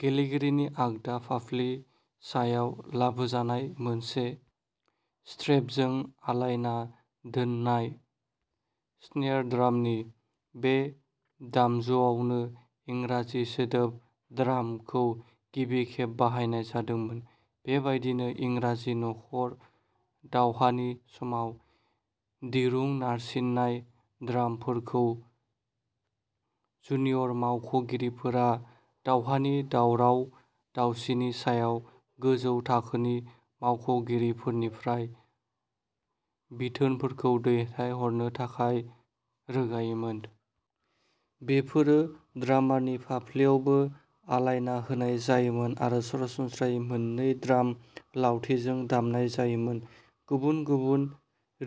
गेलेगिरिनि आगदा फाफ्लि सायाव लाबोजानाय, मोनसे स्ट्रेपजों आलायना दोननाय स्नेर ड्रामनि। बे दामजुआवनो इंराजि सोदोब "ड्राम" खौ गिबि खेब बाहायनाय जादोंमोन। बेबायदिनो, इंराजि न'खर दावहानि समाव दिरुं नारसिननाय ड्रामफोरखौ जुनियर मावख'गिरिफोरा दावहानि दावराव दावसिनि सायाव गोजौ थाखोनि मावख'गिरिफोरनिफ्राय बिथोनफोरखौ दैथायहरनो थाखाय रोगायोमोन। बेफोरो ड्रामारनि फाफ्लिआवबो आलायना होनाय जायोमोन आरो सरासनस्रायै मोननै ड्राम लावथिजों दामनाय जायोमोन। गुबुन गुबुन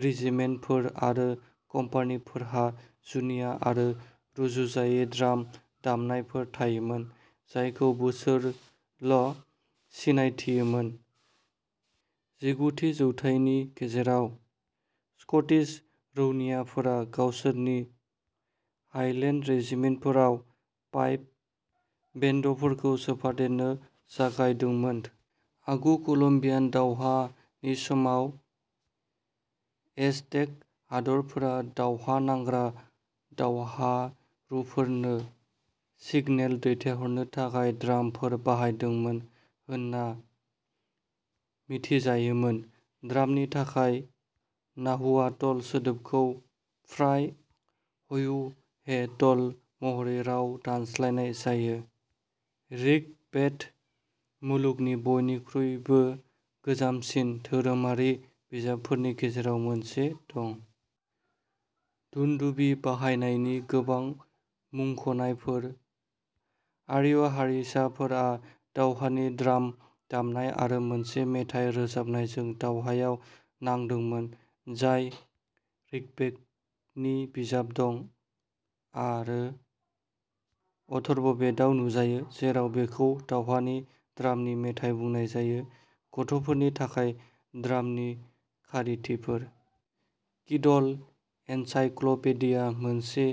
रेजिमेन्टफोर आरो कम्पानिफोरहा जुनिया आरो रुजुजायै ड्राम दामनायफोर थायोमोन, जायखौ बिसोरल' सिनायथियोमोन। जिगुथि जौथाइनि गेजेराव, स्कटिस रौनियाफोरा गावसोरनि हाइलेन्ड रेजिमेन्टफोराव पाइप बेन्डफोरखौ सोफादेरनो जागायदोंमोन। आगु कलम्बियान दावहानि समाव, एजटेक हादोरफोरा दावहा नांग्रा दावहारुफोरनो सिगनेल दैथायहरनो थाखाय ड्रामफोर बाहायदोंमोन होनना मिथिजायोमोन। ड्रामनि थाखाय नाहुआतल सोदोबखौ फ्राय ह्युहेटल महरै राव दानस्लायनाय जायो। ऋग्वेद, मुलुगनि बयनिख्रुइबो गोजामसिन धोरोमारि बिजाबफोरनि गेजेराव मोनसे, दं। दुन्धुबि बाहायनायनि गोबां मुंख'नायफोर। आर्य हारिसाफोरा दावहानि द्राम दामनाय आरो मोनसे मेथाइ रोजाबनायजों दावहायाव नांदोंमोन, जाय ऋग्वेदनि बिजाब द' आरो अथर्व बेदआव नुजायो, जेराव बेखौ "दावहानि द्रामनि मेथाइ" बुंनाय जायो। गथ'फोरनि थाखाय द्रामनि खारिथिफोर। किडल एनसाइक्लपेडिया। मोनसे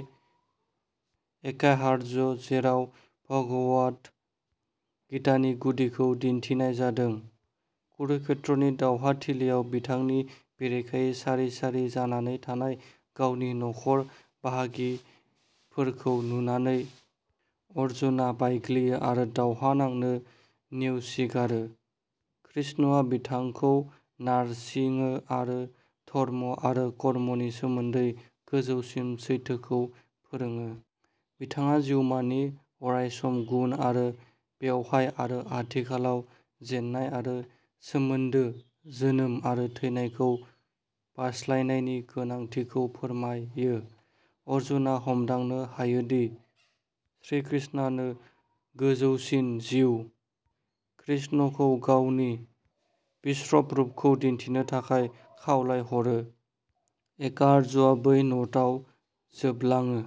एकाहार्या जेराव भगवद गीतानि गुदिखौ दिन्थिनाय जादों। कुरुक्षेत्रनि दावहाथिलियाव बिथांनि बेरेखायै सारि सारि जानानै थानाय गावनि न'खर बाहागिफोरखौ नुनानै, अर्जुनआ बायग्लियो आरो दावहा नांनो नेवसिगारो। कृष्णआ बिथांखौ नारसिङो आरो धर्म आरो कर्मनि सोमोन्दै गोजौसिन सैथोखौ फोरोङो। बिथाङा जिउमानि अरायसम गुन आरो बेवहाय आरो आथिखालाव जेन्नाय आरो सोमोनदो, जोनोम आरो थैनायखौ बारस्लायनायनि गोनांथिखौ फोरमायो। अर्जुनआ हमदांनो हायोदि श्रीकृष्णानो गोजौसिन जिउ, कृष्णखौ गावनि विश्वरूपखौ दिन्थिनो थाखाय खावलायहरो। एकाहार्याआ बै न'टआव जोबलाङो।